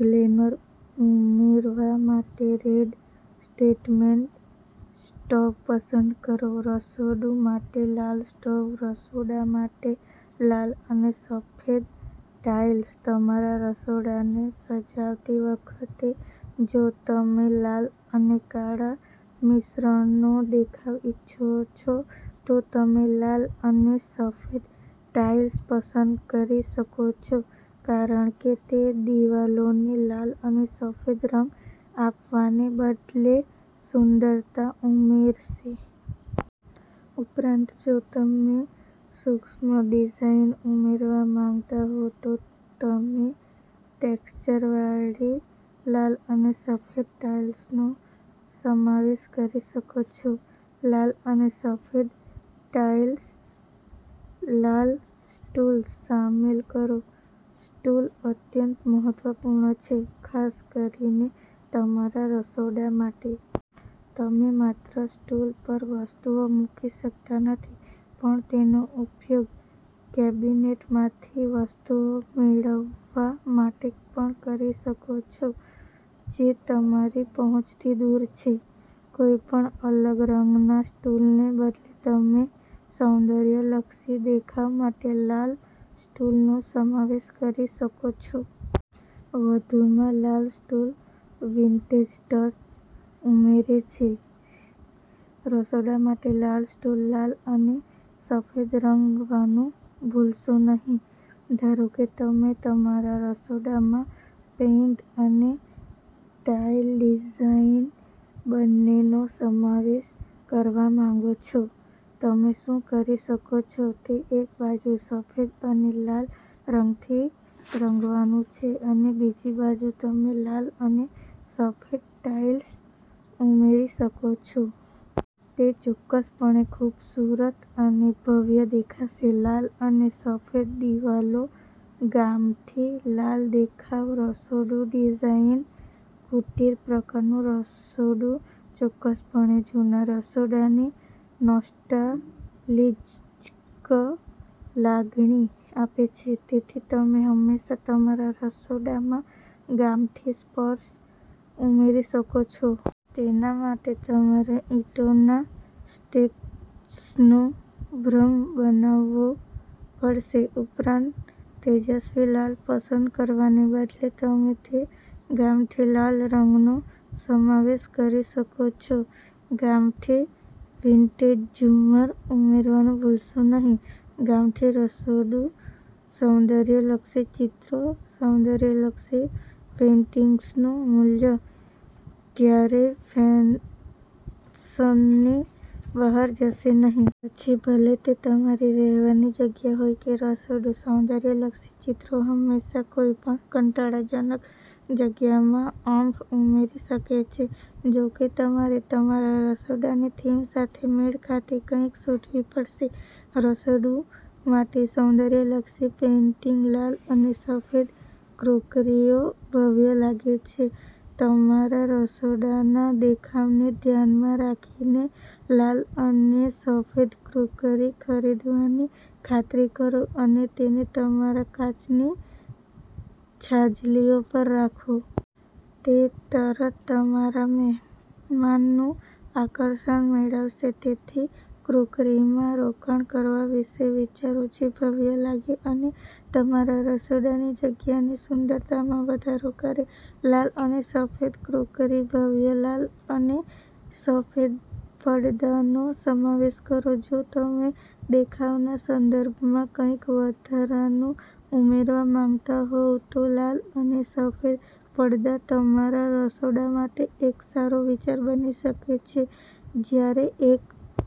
Glamour ઉમેરવા માટે red statement stove પસંદ કરો. રસોડું માટે લાલ સ્ટોવ રસોડા માટે લાલ અને સફેદ ટાઇલ્સ તમારા રસોડાને સજાવતી વખતે જો તમે લાલ અને કાળા મિશ્રણનો દેખાવ ઇચ્છો છો, તો તમે લાલ અને સફેદ ટાઇલ્સ પસંદ કરી શકો છો કારણ કે તે દિવાલોને લાલ અને સફેદ રંગ આપવાને બદલે સુંદરતા ઉમેરશે. ઉપરાંત, જો તમે સૂક્ષ્મ ડિઝાઇન ઉમેરવા માંગતા હો, તો તમે ટેક્ષ્ચરવાળી લાલ અને સફેદ ટાઇલ્સનો સમાવેશ કરી શકો છો. લાલ અને સફેદ ટાઇલ્સ લાલ સ્ટૂલ શામેલ કરો સ્ટૂલ અત્યંત મહત્વપૂર્ણ છે, ખાસ કરીને તમારા રસોડા માટે. તમે માત્ર સ્ટૂલ પરવસ્તુઓ મૂકી શકતા નથી પણ તેનો ઉપયોગ કેબિનેટમાંથી વસ્તુઓ મેળવવા માટે પણ કરી શકો છો જે તમારી પહોંચથી દૂર છે. કોઈપણ અલગ રંગના સ્ટૂલને બદલે, તમે સૌંદર્યલક્ષી દેખાવ માટે લાલ સ્ટૂલનો સમાવેશ કરી શકો છો. વધુમાં, લાલ સ્ટૂલ વિન્ટેજ ટચ ઉમેરે છે. રસોડા માટે લાલ સ્ટૂલ લાલ અને સફેદ રંગવાનું ભૂલશો નહીં ધારો કે તમે તમારા રસોડામાં પેઇન્ટ અને ટાઇલ ડિઝાઇન બંનેનો સમાવેશ કરવા માંગો છો. તમે શું કરી શકો છો તે એક બાજુ સફેદ અને લાલ રંગથી રંગવાનું છે અને બીજી બાજુ, તમે લાલ અને સફેદ ટાઇલ્સ ઉમેરી શકો છો. તે ચોક્કસપણે ખૂબસૂરત અને ભવ્ય દેખાશે. લાલ અને સફેદ દિવાલો ગામઠી લાલ દેખાવ રસોડું ડિઝાઇન કુટીર-પ્રકારનું રસોડું ચોક્કસપણે જૂના રસોડાની નોસ્ટાલ્જિક લાગણી આપે છે. તેથી, તમે હંમેશા તમારા રસોડામાં ગામઠી સ્પર્શ ઉમેરી શકો છો. તેના માટે, તમારે ઈંટોના સ્ટેક્સનો ભ્રમ બનાવવો પડશે. ઉપરાંત, તેજસ્વી લાલ પસંદ કરવાને બદલે, તમે તે ગામઠી લાલ રંગનો સમાવેશ કરી શકો છો. ગામઠી વિન્ટેજ ઝુમ્મર ઉમેરવાનું ભૂલશો નહીં. ગામઠી રસોડું સૌંદર્યલક્ષી ચિત્રો સૌંદર્યલક્ષી પેઇન્ટિંગ્સનું મૂલ્ય ક્યારેય ફેશનની બહાર જશે નહીં. પછી ભલે તે તમારી રહેવાની જગ્યા હોય કે રસોડું, સૌંદર્યલક્ષી ચિત્રો હંમેશા કોઈપણ કંટાળાજનક જગ્યામાં ઓમ્ફ ઉમેરી શકે છે. જો કે, તમારે તમારા રસોડાની થીમ સાથે મેળ ખાતી કંઈક શોધવી પડશે. રસોડું માટે સૌંદર્યલક્ષી પેઇન્ટિંગ લાલ અને સફેદ ક્રોકરીઓ ભવ્ય લાગે છે તમારા રસોડાના દેખાવને ધ્યાનમાં રાખીને, લાલ અને સફેદ ક્રોકરી ખરીદવાની ખાતરી કરો અને તેને તમારા કાચની છાજલીઓ પર રાખો. તે તરતતમારા મહેમાનનું આકર્ષણ મેળવશે. તેથી ક્રોકરીમાં રોકાણ કરવા વિશે વિચારો જે ભવ્ય લાગે અને તમારા રસોડાની જગ્યાની સુંદરતામાં વધારો કરે. લાલ અને સફેદ ક્રોકરી ભવ્ય લાલ અને સફેદ પડદાનો સમાવેશ કરો જો તમે દેખાવના સંદર્ભમાં કંઈક વધારાનું ઉમેરવા માંગતા હોવ તો લાલ અને સફેદ પડદા તમારા રસોડા માટે એક સારો વિચાર બની શકે છે. જ્યારેએક